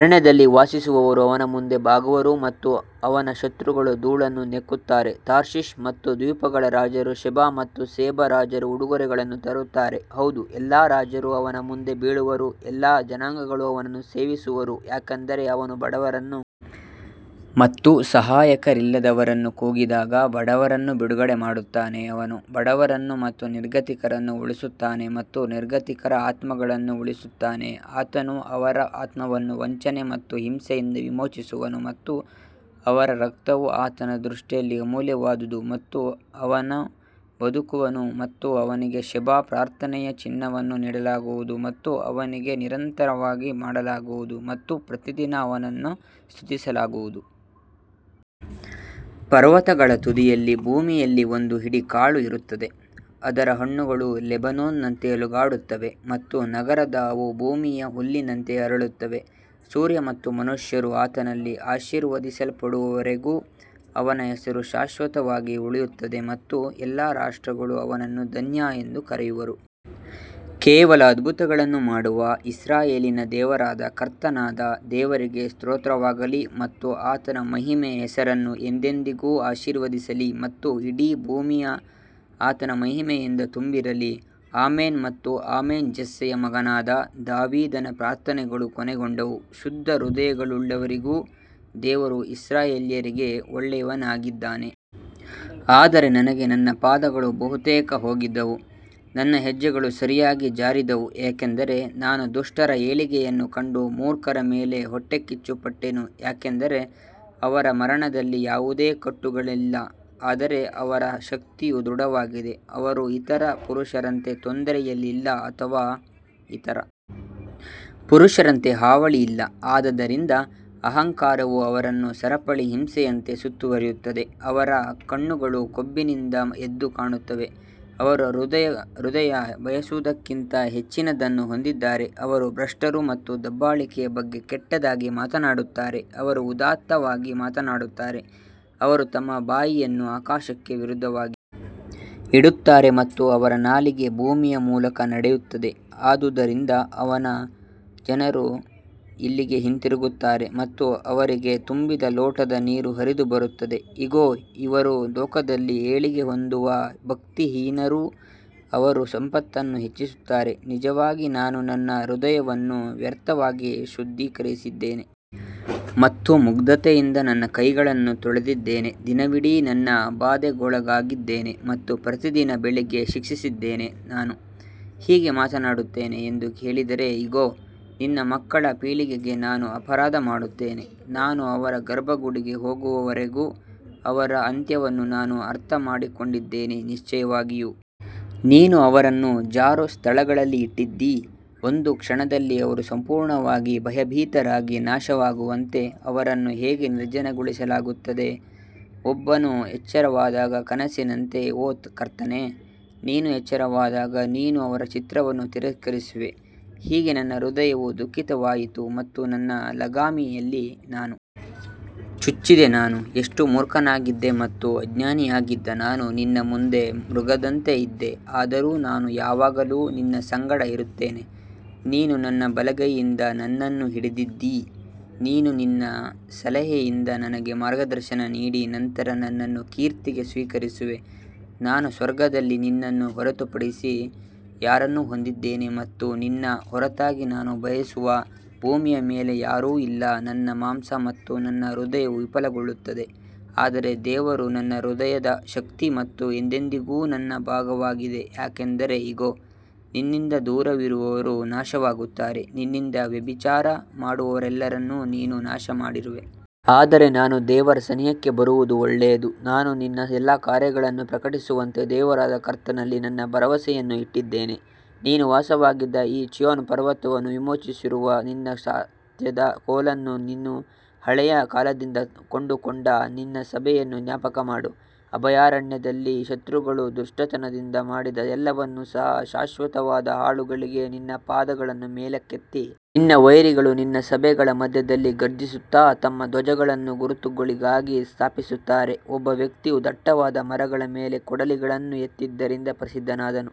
ಅರಣ್ಯದಲ್ಲಿ ವಾಸಿಸುವವರು ಅವನ ಮುಂದೆ ಬಾಗುವರು ಮತ್ತು ಅವನ ಶತ್ರುಗಳು ಧೂಳನ್ನು ನೆಕ್ಕುತ್ತಾರೆ ತಾರ್ಷೀಷ್ ಮತ್ತು ದ್ವೀಪಗಳ ರಾಜರು ಶೆಬಾ ಮತ್ತು ಸೇಬ ರಾಜರು ಉಡುಗೊರೆಗಳನ್ನು ತರುತ್ತಾರೆ. ಹೌದು, ಎಲ್ಲಾ ರಾಜರು ಅವನ ಮುಂದೆ ಬೀಳುವರು, ಎಲ್ಲಾ ಜನಾಂಗಗಳು ಅವನನ್ನು ಸೇವಿಸುವರು ಯಾಕಂದರೆ ಅವನು ಬಡವರನ್ನು ಮತ್ತು ಸಹಾಯಕರಿಲ್ಲದವರನ್ನು ಕೂಗಿದಾಗ ಬಡವರನ್ನು ಬಿಡುಗಡೆ ಮಾಡುತ್ತಾನೆ ಅವನು ಬಡವರನ್ನು ಮತ್ತು ನಿರ್ಗತಿಕರನ್ನು ಉಳಿಸುತ್ತಾನೆ ಮತ್ತು ನಿರ್ಗತಿಕರ ಆತ್ಮಗಳನ್ನು ಉಳಿಸುತ್ತಾನೆ ಆತನು ಅವರ ಆತ್ಮವನ್ನು ವಂಚನೆ ಮತ್ತು ಹಿಂಸೆಯಿಂದ ವಿಮೋಚಿಸುವನು ಮತ್ತು ಅವರ ರಕ್ತವು ಆತನ ದೃಷ್ಟಿಯಲ್ಲಿ ಅಮೂಲ್ಯವಾದುದು ಮತ್ತು ಅವನು ಬದುಕುವನು ಮತ್ತು ಅವನಿಗೆ ಶೆಬಾ ಪ್ರಾರ್ಥನೆಯ ಚಿನ್ನವನ್ನು ನೀಡಲಾಗುವುದು ಮತ್ತು ಅವನಿಗೆ ನಿರಂತರವಾಗಿ ಮಾಡಲಾಗುವುದು ಮತ್ತು ಪ್ರತಿದಿನ ಅವನನ್ನು ಸ್ತುತಿಸಲಾಗುವುದು. ಪರ್ವತಗಳ ತುದಿಯಲ್ಲಿ ಭೂಮಿಯಲ್ಲಿ ಒಂದು ಹಿಡಿ ಕಾಳು ಇರುತ್ತದೆ, ಅದರ ಹಣ್ಣುಗಳು ಲೆಬನೋನ್ನಂತೆ ಅಲುಗಾಡುತ್ತವೆ ಮತ್ತು ನಗರದ ಅವು ಭೂಮಿಯ ಹುಲ್ಲಿನಂತೆ ಅರಳುತ್ತವೆ. ಸೂರ್ಯ ಮತ್ತು ಮನುಷ್ಯರು ಆತನಲ್ಲಿ ಆಶೀರ್ವದಿಸಲ್ಪಡುವವರೆಗೂ ಅವನ ಹೆಸರು ಶಾಶ್ವತವಾಗಿ ಉಳಿಯುತ್ತದೆ ಮತ್ತು ಎಲ್ಲಾ ರಾಷ್ಟ್ರಗಳು ಅವನನ್ನು ಧನ್ಯ ಎಂದು ಕರೆಯುವರು ಕೇವಲ ಅದ್ಭುತಗಳನ್ನು ಮಾಡುವ ಇಸ್ರಾಯೇಲಿನ ದೇವರಾದ ಕರ್ತನಾದ ದೇವರಿಗೆ ಸ್ತೋತ್ರವಾಗಲಿ ಮತ್ತು ಆತನ ಮಹಿಮೆಯ ಹೆಸರನ್ನು ಎಂದೆಂದಿಗೂ ಆಶೀರ್ವದಿಸಲಿ ಮತ್ತು ಇಡೀ ಭೂಮಿಯು ಆತನ ಮಹಿಮೆಯಿಂದ ತುಂಬಿರಲಿ ಆಮೆನ್ ಮತ್ತು ಆಮೆನ್ ಜೆಸ್ಸೆಯ ಮಗನಾದ ದಾವೀದನ ಪ್ರಾರ್ಥನೆಗಳು ಕೊನೆಗೊಂಡವು ಶುದ್ಧ ಹೃದಯವುಳ್ಳವರಿಗೂ ದೇವರು ಇಸ್ರಾಯೇಲ್ಯರಿಗೆ ಒಳ್ಳೆಯವನಾಗಿದ್ದಾನೆ ಆದರೆ ನನಗೆ ನನ್ನ ಪಾದಗಳು ಬಹುತೇಕ ಹೋಗಿದ್ದವು, ನನ್ನ ಹೆಜ್ಜೆಗಳು ಸರಿಯಾಗಿ ಜಾರಿದವು ಯಾಕಂದರೆ ನಾನು ದುಷ್ಟರ ಏಳಿಗೆಯನ್ನು ಕಂಡು ಮೂರ್ಖರ ಮೇಲೆ ಹೊಟ್ಟೆಕಿಚ್ಚುಪಟ್ಟೆನು ಯಾಕಂದರೆ ಅವರ ಮರಣದಲ್ಲಿ ಯಾವುದೇ ಕಟ್ಟುಗಳಿಲ್ಲ ಆದರೆ ಅವರ ಶಕ್ತಿಯು ದೃಢವಾಗಿದೆ ಅವರು ಇತರ ಪುರುಷರಂತೆ ತೊಂದರೆಯಲ್ಲಿಲ್ಲ ಅಥವಾ ಇತರ ಪುರುಷರಂತೆ ಹಾವಳಿಯಿಲ್ಲ ಆದದರಿಂದ ಅಹಂಕಾರವು ಅವರನ್ನು ಸರಪಳಿ ಹಿಂಸೆಯಂತೆ ಸುತ್ತುವರಿಯುತ್ತದೆ ಅವರ ಕಣ್ಣುಗಳು ಕೊಬ್ಬಿನಿಂದ ಎದ್ದು ಕಾಣುತ್ತವೆ, ಅವರು ಹೃದಯ ಬಯಸುವುದಕ್ಕಿಂತ ಹೆಚ್ಚಿನದನ್ನು ಹೊಂದಿದ್ದಾರೆ ಅವರು ಭ್ರಷ್ಟರು ಮತ್ತು ದಬ್ಬಾಳಿಕೆಯ ಬಗ್ಗೆ ಕೆಟ್ಟದಾಗಿ ಮಾತನಾಡುತ್ತಾರೆ ಅವರು ಉದಾತ್ತವಾಗಿ ಮಾತನಾಡುತ್ತಾರೆ ಅವರು ತಮ್ಮ ಬಾಯಿಯನ್ನು ಆಕಾಶಕ್ಕೆ ವಿರುದ್ಧವಾಗಿ ಇಡುತ್ತಾರೆ ಮತ್ತು ಅವರ ನಾಲಿಗೆ ಭೂಮಿಯ ಮೂಲಕ ನಡೆಯುತ್ತದೆ ಆದುದರಿಂದ ಅವನ ಜನರು ಇಲ್ಲಿಗೆ ಹಿಂತಿರುಗುತ್ತಾರೆ ಮತ್ತು ಅವರಿಗೆ ತುಂಬಿದ ಲೋಟದ ನೀರು ಹರಿದುಬರುತ್ತದೆ ಇಗೋ ಇವರು ಲೋಕದಲ್ಲಿ ಏಳಿಗೆ ಹೊಂದುವ ಭಕ್ತಿಹೀನರು ಅವರು ಸಂಪತ್ತನ್ನು ಹೆಚ್ಚಿಸುತ್ತಾರೆ ನಿಜವಾಗಿ ನಾನು ನನ್ನ ಹೃದಯವನ್ನು ವ್ಯರ್ಥವಾಗಿ ಶುದ್ಧೀಕರಿಸಿದ್ದೇನೆ ಮತ್ತು ಮುಗ್ಧತೆಯಿಂದ ನನ್ನ ಕೈಗಳನ್ನು ತೊಳೆದಿದ್ದೇನೆ ದಿನವಿಡೀ ನಾನು ಬಾಧೆಗೊಳಗಾಗಿದ್ದೇನೆ ಮತ್ತು ಪ್ರತಿದಿನ ಬೆಳಿಗ್ಗೆ ಶಿಕ್ಷಿಸಿದ್ದೇನೆ ನಾನು ಹೀಗೆ ಮಾತನಾಡುತ್ತೇನೆ ಎಂದು ಹೇಳಿದರೆ ಇಗೋ, ನಿನ್ನ ಮಕ್ಕಳ ಪೀಳಿಗೆಗೆ ನಾನು ಅಪರಾಧ ಮಾಡುತ್ತೇನೆ ನಾನು ದೇವರ ಗರ್ಭಗುಡಿಗೆ ಹೋಗುವವರೆಗೂ ಅವರ ಅಂತ್ಯವನ್ನು ನಾನು ಅರ್ಥಮಾಡಿಕೊಂಡಿದ್ದೇನೆ ನಿಶ್ಚಯವಾಗಿಯೂ ನೀನು ಅವರನ್ನು ಜಾರು ಸ್ಥಳಗಳಲ್ಲಿ ಇಟ್ಟಿದ್ದೀ ಒಂದು ಕ್ಷಣದಲ್ಲಿ ಅವರು ಸಂಪೂರ್ಣವಾಗಿ ಭಯಭೀತರಾಗಿ ನಾಶವಾಗುವಂತೆ ಅವರನ್ನು ಹೇಗೆ ನಿರ್ಜನಗೊಳಿಸಲಾಗುತ್ತದೆ ಒಬ್ಬನು ಎಚ್ಚರವಾದಾಗ ಕನಸಿನಂತೆ ಓ ಕರ್ತನೇ, ನೀನು ಎಚ್ಚರವಾದಾಗ ನೀನು ಅವರ ಚಿತ್ರವನ್ನು ತಿರಸ್ಕರಿಸುವೆ ಹೀಗೆ ನನ್ನ ಹೃದಯವು ದುಃಖಿತವಾಯಿತು ಮತ್ತು ನನ್ನ ಲಗಾಮಿಯಲ್ಲಿ ನಾನು ಚುಚ್ಚಿದೆ ನಾನು ಎಷ್ಟು ಮೂರ್ಖನಾಗಿದ್ದೆ ಮತ್ತು ಅಜ್ಞಾನಿಯಾಗಿದ್ದ ನಾನು ನಿನ್ನ ಮುಂದೆ ಮೃಗದಂತೆ ಇದ್ದೆ ಆದರೂ ನಾನು ಯಾವಾಗಲೂ ನಿನ್ನ ಸಂಗಡ ಇರುತ್ತೇನೆ ನೀನು ನನ್ನ ಬಲಗೈಯಿಂದ ನನ್ನನ್ನು ಹಿಡಿದಿದ್ದೀ ನೀನು ನಿನ್ನ ಸಲಹೆಯಿಂದ ನನಗೆ ಮಾರ್ಗದರ್ಶನ ನೀಡಿ ನಂತರ ನನ್ನನ್ನು ಕೀರ್ತಿಗೆ ಸ್ವೀಕರಿಸುವೆ ನಾನು ಸ್ವರ್ಗದಲ್ಲಿ ನಿನ್ನನ್ನು ಹೊರತುಪಡಿಸಿ ಯಾರನ್ನು ಹೊಂದಿದ್ದೇನೆ ಮತ್ತು ನಿನ್ನ ಹೊರತಾಗಿ ನಾನು ಬಯಸುವ ಭೂಮಿಯ ಮೇಲೆ ಯಾರೂ ಇಲ್ಲ ನನ್ನ ಮಾಂಸ ಮತ್ತು ನನ್ನ ಹೃದಯವು ವಿಫಲಗೊಳ್ಳುತ್ತದೆ ಆದರೆ ದೇವರು ನನ್ನ ಹೃದಯದ ಶಕ್ತಿ ಮತ್ತು ಎಂದೆಂದಿಗೂ ನನ್ನ ಭಾಗವಾಗಿದೆ ಯಾಕಂದರೆ ಇಗೋ, ನಿನ್ನಿಂದ ದೂರವಿರುವವರು ನಾಶವಾಗುತ್ತಾರೆ, ನಿನ್ನಿಂದ ವ್ಯಭಿಚಾರ ಮಾಡುವವರೆಲ್ಲರನ್ನು ನೀನು ನಾಶಮಾಡಿರುವೆ. ಆದರೆ ನಾನು ದೇವರ ಸನಿಹಕ್ಕೆ ಬರುವುದು ಒಳ್ಳೆಯದು, ನಾನು ನಿನ್ನ ಎಲ್ಲಾ ಕಾರ್ಯಗಳನ್ನು ಪ್ರಕಟಿಸುವಂತೆ ದೇವರಾದ ಕರ್ತನಲ್ಲಿ ನನ್ನ ಭರವಸೆಯನ್ನು ಇಟ್ಟಿದ್ದೇನೆ. ನೀನು ವಾಸವಾಗಿದ್ದ ಈ ಚೀಯೋನ್ ಪರ್ವತವನ್ನು ವಿಮೋಚಿಸಿರುವ ನಿನ್ನ ಸ್ವಾಸ್ತ್ಯದ ಕೋಲನ್ನು ನೀನು ಹಳೆಯ ಕಾಲದಿಂದ ಕೊಂಡುಕೊಂಡ ನಿನ್ನ ಸಭೆಯನ್ನು ಜ್ಞಾಪಕಮಾಡು. ಅಭಯಾರಣ್ಯದಲ್ಲಿ ಶತ್ರುಗಳು ದುಷ್ಟತನದಿಂದ ಮಾಡಿದ ಎಲ್ಲವನ್ನು ಸಹ ಶಾಶ್ವತವಾದ ಹಾಳುಗಳಿಗೆ ನಿನ್ನ ಪಾದಗಳನ್ನು ಮೇಲಕ್ಕೆತ್ತಿ. ನಿನ್ನ ವೈರಿಗಳು ನಿನ್ನ ಸಭೆಗಳ ಮಧ್ಯದಲ್ಲಿ ಘರ್ಜಿಸುತ್ತಾ ತಮ್ಮ ಧ್ವಜಗಳನ್ನು ಗುರುತುಗಳಿಗಾಗಿ ಸ್ಥಾಪಿಸುತ್ತಾರೆ ಒಬ್ಬ ವ್ಯಕ್ತಿಯು ದಟ್ಟವಾದ ಮರಗಳ ಮೇಲೆ ಕೊಡಲಿಗಳನ್ನು ಎತ್ತಿದ್ದರಿಂದ ಪ್ರಸಿದ್ಧನಾದನು.